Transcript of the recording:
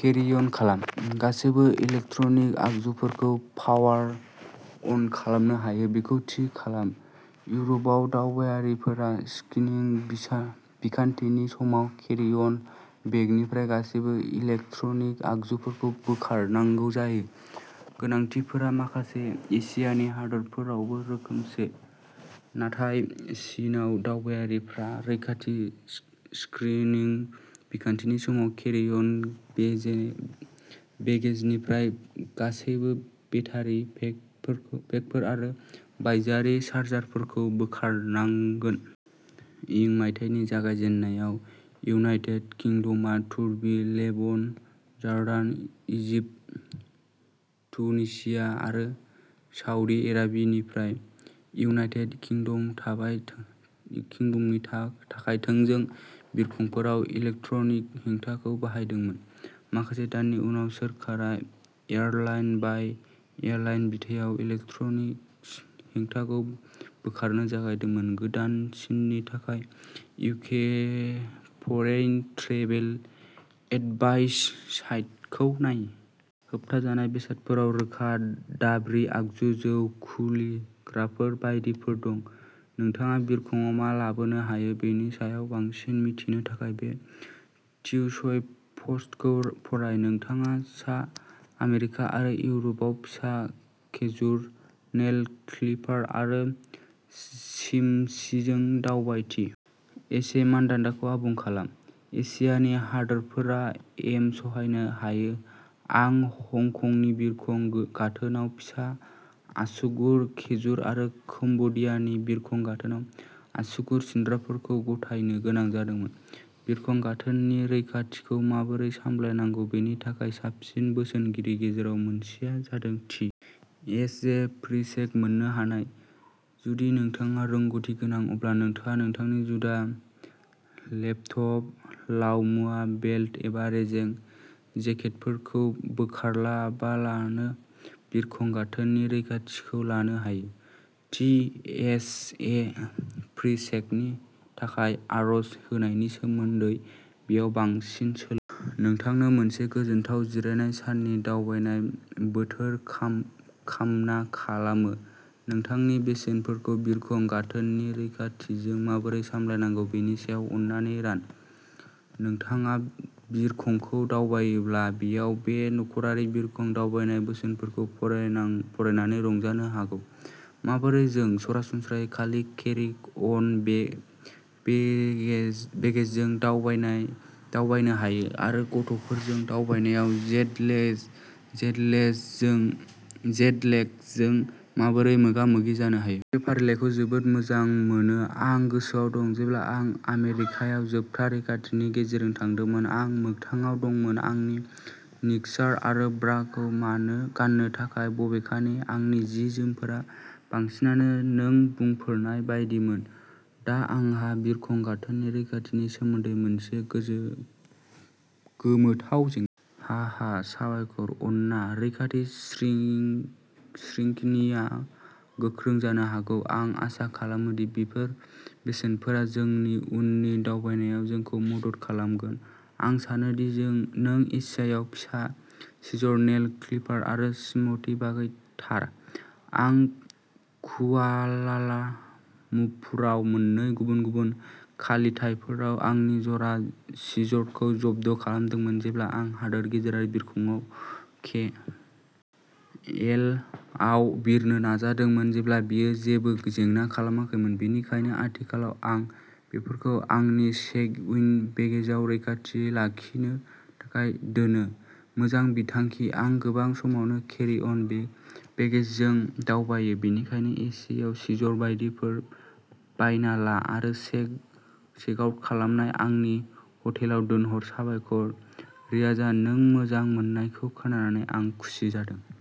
केरि-अन खालाम। गासैबो इलेक्ट्रनिक आगजुफोरखौ पावार-अन खालामनो हायो बेखौ थि खालाम। इउरपआव, दावबायारिफोरा स्क्रिनिं बिखान्थिनि समाव केरि-अन बेगनिफ्राय गासैबो इलेक्ट्रनिक आगजुफोरखौ बोखारनांगौ जायो। गोनांथिफोरा माखासे एसियानि हादोरफोरावबो रोखोमसे। नाथाय, चीनआव, दावबायारिफ्रा रैखाथि स्क्रिनिं बिखान्थिनि समाव केरि-अन बेगेजनिफ्राय गासैबो बेटारि पेकफोर आरो बायजोआरि चार्जारफोरखौ बोखारनांगोन। इं मायथाइनि जागायजेन्नायाव, इउनाइटेड किंडम आ तुर्की, लेबानन, जर्डान, इजिप्ट, ट्युनिसिया आरो सउदी आरबियानिफ्राय इउनाइटेड किंडमनि थाखाय थोंजों बिरखंफोराव इलेक्ट्रनिक्सनि हेंथाखौ बाहायदोंमोन। माखासे दाननि उनाव, सोरखारा एयारलाइन-बाय-एयारलाइन बिथायाव इलेक्ट्रनिक्सनि हेंथाखौ बोखारनो जागायदोंमोन। गोदानसिननि थाखाय इउके फरेइन ट्रेभेल एदभाइस साइटखौ नाय। होबथाजानाय बेसादफोराव रोखा-दाब्रि, आगजु, जौ खुलिग्राफोर बायदिफोर दं। नोंथाङा बिरखंआव मा लाबोनो हायो बेनि सायाव बांसिन मिथिनो थाखाय बे टिएसए पस्टखौ फराय। नोंथाङा सा आमेरिका आरो इउरपआव फिसा खेजुर, नेल क्लिपार आरो चिमसिजों दावबाय टि. एस. ए. मानदान्दाखौ आबुं खालाम। एशियानि हादोरफोरा खम सहायनो हायो। आं हंकंनि बिरखं गाथोनाव फिसा आसुगुर खेजुर आरो कम्बोडियानि बिरखं गाथोनाव आसुगुर सिनग्राफोरखौ गथायनो गोनां जादोंमोन। बिरखं गाथोननि रैखाथिखौ माबोरै सामलायनांगौ बेनि थाखाय साबसिन बोसोनफोरनि गेजेराव मोनसेआ जादों टि. एस. ए. प्रिचेक मोन्नो हानाय। जुदि नोंथाङा रोंग'थि गोनां, अब्ला नोंथाङा नोंथांनि जुथा, लेपटप, लाव-मुवा, बेल्ट एबा रेजें जेकेटफोरखौ बोखारालाबानो बिरखं गाथोननि रैखाथिखौ लानो हायो। टि. एस. ए. प्रिचेकनि थाखाय आर'ज होनायनि सोमोन्दै बेयाव बांसिन सोलों। नोंथांनो मोनसे गोजोनथाव जिरायनाय साननि दावबायनाय बोथोर कामना खालामो! नोंथांनि बोसोनफोरखौ बिरखं गाथोननि रैखाथिजों माबोरै सामलायनांगौ बेनि सायाव अन्नानै रान। नोंथाङा बिरखंजों दावबायोब्ला, नोंथाङा बे नखरारि बिरखं दावबायनाय बोसोनफोरखौ फरायनानै रंजानो हागौ, माबोरै जों सरासनस्रायै खालि केरि-अन बेगेजजों दावबायनो हायो, आरो गथ'फोरजों दावबायनायाव जेट लेगजों माबोरै मोगा-मोगि जानो हायो। आं बे फारिलाइखौ जोबोद मोजां मोनो, आं गोसोआव दं जेब्ला आं आमेरिकायाव जोबथा रैखाथिनि गेजेरजों थांदोंमोन, आं मोगथाङाव दंमोन। आंनि निक्सार आरो ब्राखौ गाननो थाखाय। बबेखानि आंनि जि-जोमफोरा बांसिनानो नों बुंफोरनाय बायदिमोन। दा आंहा बिरखं गाथोननि रैखाथिनि सोमोन्दै मोनसे गोमोथाव जेंना दं। हाहा। साबायखर, आन्ना! रैखाथि स्क्रिनिंआ गोख्रों जानो हागौ-आं आसा खालामो दि बेफोर बोसोनफोरा नोंनि उननि दावबायनायाव नोंखौ मदद खालामगोन। आं सानो दि नों एसियायाव फिसा सिजर, नेल क्लिपार आरो चिम्टनि बागै थार। आं कुआलालाम्पुराव मोननै गुबुन-गुबुन फालिथायफोराव आंनि जरा सिजरखौ जब्द खालामदोंमोन, जेब्ला आं हादोर गेजेरारि बिरखंआव के. एल. आव बिरनो नाजादोंमोन, जेब्ला बेयो जेबो जेंना खालामाखैमोन। बेनिखायनो आथिखालाव, आं बेफोरखौ आंनि चेक-इन बेगेजआव रैखाथियै लाखिनो थाखाय दोनो। मोजां बिथांखि! आं गोबां समावनो केरि-अन बेगेजजों दावबायो, बेनिखायनो एसियायाव सिजर बायदिफोर बायना ला आरो चेक-आउट खालामनायाव आंनि हटेलाव दोनहर। साबायखर, रियाजान! नों मोजां मोननायखौ खोनानानै आं खुसि जादों।